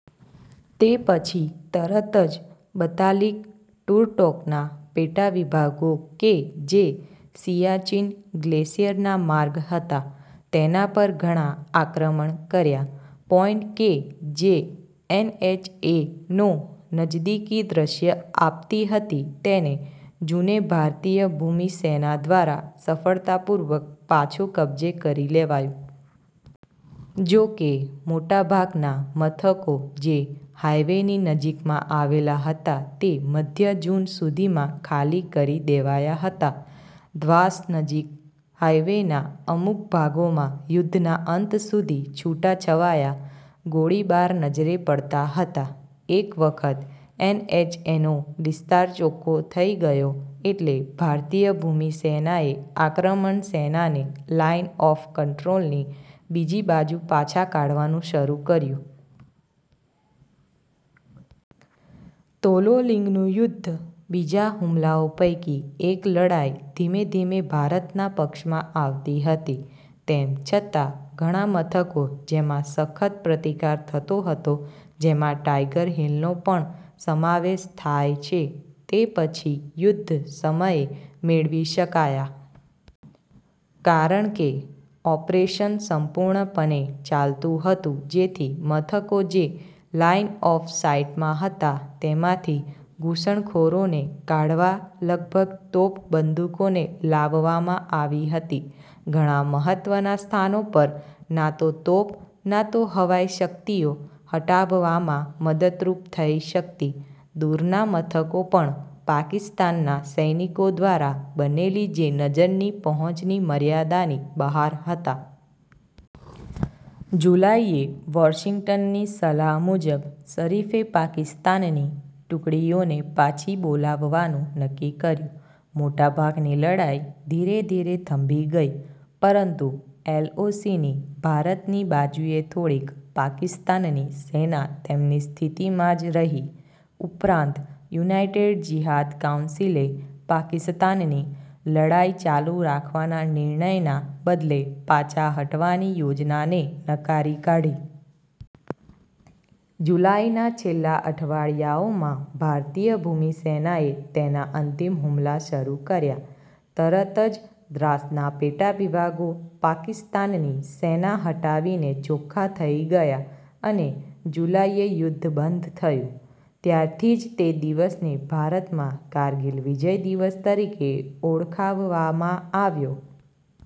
તે પછી તરત જ બતાલીક-ટૂરટોકના પેટાવિભાગો, કે જે સિયાચીન ગ્લેસિયરના માર્ગ હતા, તેના પર ઘણા આક્રમણ કર્યા. પોઈન્ટ કે જે એનએચ એ નો નજદીકી દૃશ્ય આપતી હતી તેને જૂને ભારતીય ભૂમિ સેના દ્વારા સફળતાપૂર્વક પાછો કબજે કરી લેવાયું. જો કે મોટાભાગના મથકો જે હાઈવેની નજીકમાં આવેલા હતા તે મધ્ય જૂન સુધીમાં ખાલી કરી દેવાયા હતા, દ્વાસ નજીક હાઇવેના અમુક ભાગોમાં યુદ્ધના અંત સુધી છૂટાછવાયા ગોળીબાર નજરે પડતા હતા. એક વખત એનએચ એનો વિસ્તાર ચોખ્ખો થઈ ગયો, એટલે ભારતીય ભૂમિ સેનાએ આક્રમણ સેનાને લાઈન ઓફ કંટ્રોલની બીજી બાજુ પાછા કાઢવાનું શરૂ કર્યું. તોલોલીંગનું યુદ્ધ, બીજા હુમલાઓ પૈકી એક, લડાઈ ધીમેધીમે ભારતના પક્ષમાં આવતી હતી. તેમ છતાં, ઘણા મથકો જેમાં સખત પ્રતિકાર થતો હતો, જેમાં ટાઈગર હીલ નો પણ સમાવેશ થાય છે, તે પછી યુદ્ધ સમયે મેળવી શકાયા. કારણ કે ઓપરેશન સંપૂર્ણપણે ચાલું હતું જેથી, મથકો જે લાઇન-ઓફ-સાઇટમાં હતા તેમાંથી ઘુસણખોરોને કાઢવા લગભગ તોપ બંદુકોને લાવવામાં આવી હતી. ઘણા મહત્વના સ્થાનો પર, ના તો તોપ ના તો હવાઈ શકિતઓ હટાવવામાં મદદરૂપ થઈ શકતી, દૂરના મથકો પણ પાકિસ્તાનના સૈનિકો દ્વારા બનેલી જે નજરની પહોંચની મર્યાદાની બહાર હતા. જુલાઈ એ, વોશીંગ્ટનની સલાહ મુજબ, શરીફે પાકિસ્તાનની ટુકડીઓને પાછી બોલાવવાનું નક્કી કર્યું, મોટાભાગની લડાઈ ધીરે ધીરે થંભી ગઈ, પરંતુ એલઓસીની ભારતની બાજુએ થોડીક પાકિસ્તાનની સેના તેમની સ્થિતિમાં જ રહી. ઉપરાંત, યુનાઈટેડ જીહાદ કાઉન્સીલે પાકિસ્તાનની લડાઈ ચાલુ રાખવાના નિર્ણયના બદલે, પાછા હટવાની યોજનાને નકારી કાઢી. જુલાઈના છેલ્લા અઠવાડિયાઓમાં ભારતીય ભૂમિ સેનાએ તેના અંતિમ હુમલા શરૂ કર્યા, તરત જ દ્રાસના પેટાવિભાગો પાકિસ્તાનની સેના હટાવીને ચોખ્ખા થઈ ગયા, અને જુલાઈએ યુદ્ધ બંધ થયું. ત્યારથી જ તે દિવસને ભારતમાં કારગીલ વિજય દિવસ તરીકે ઓળખાવવામાં આવ્યો.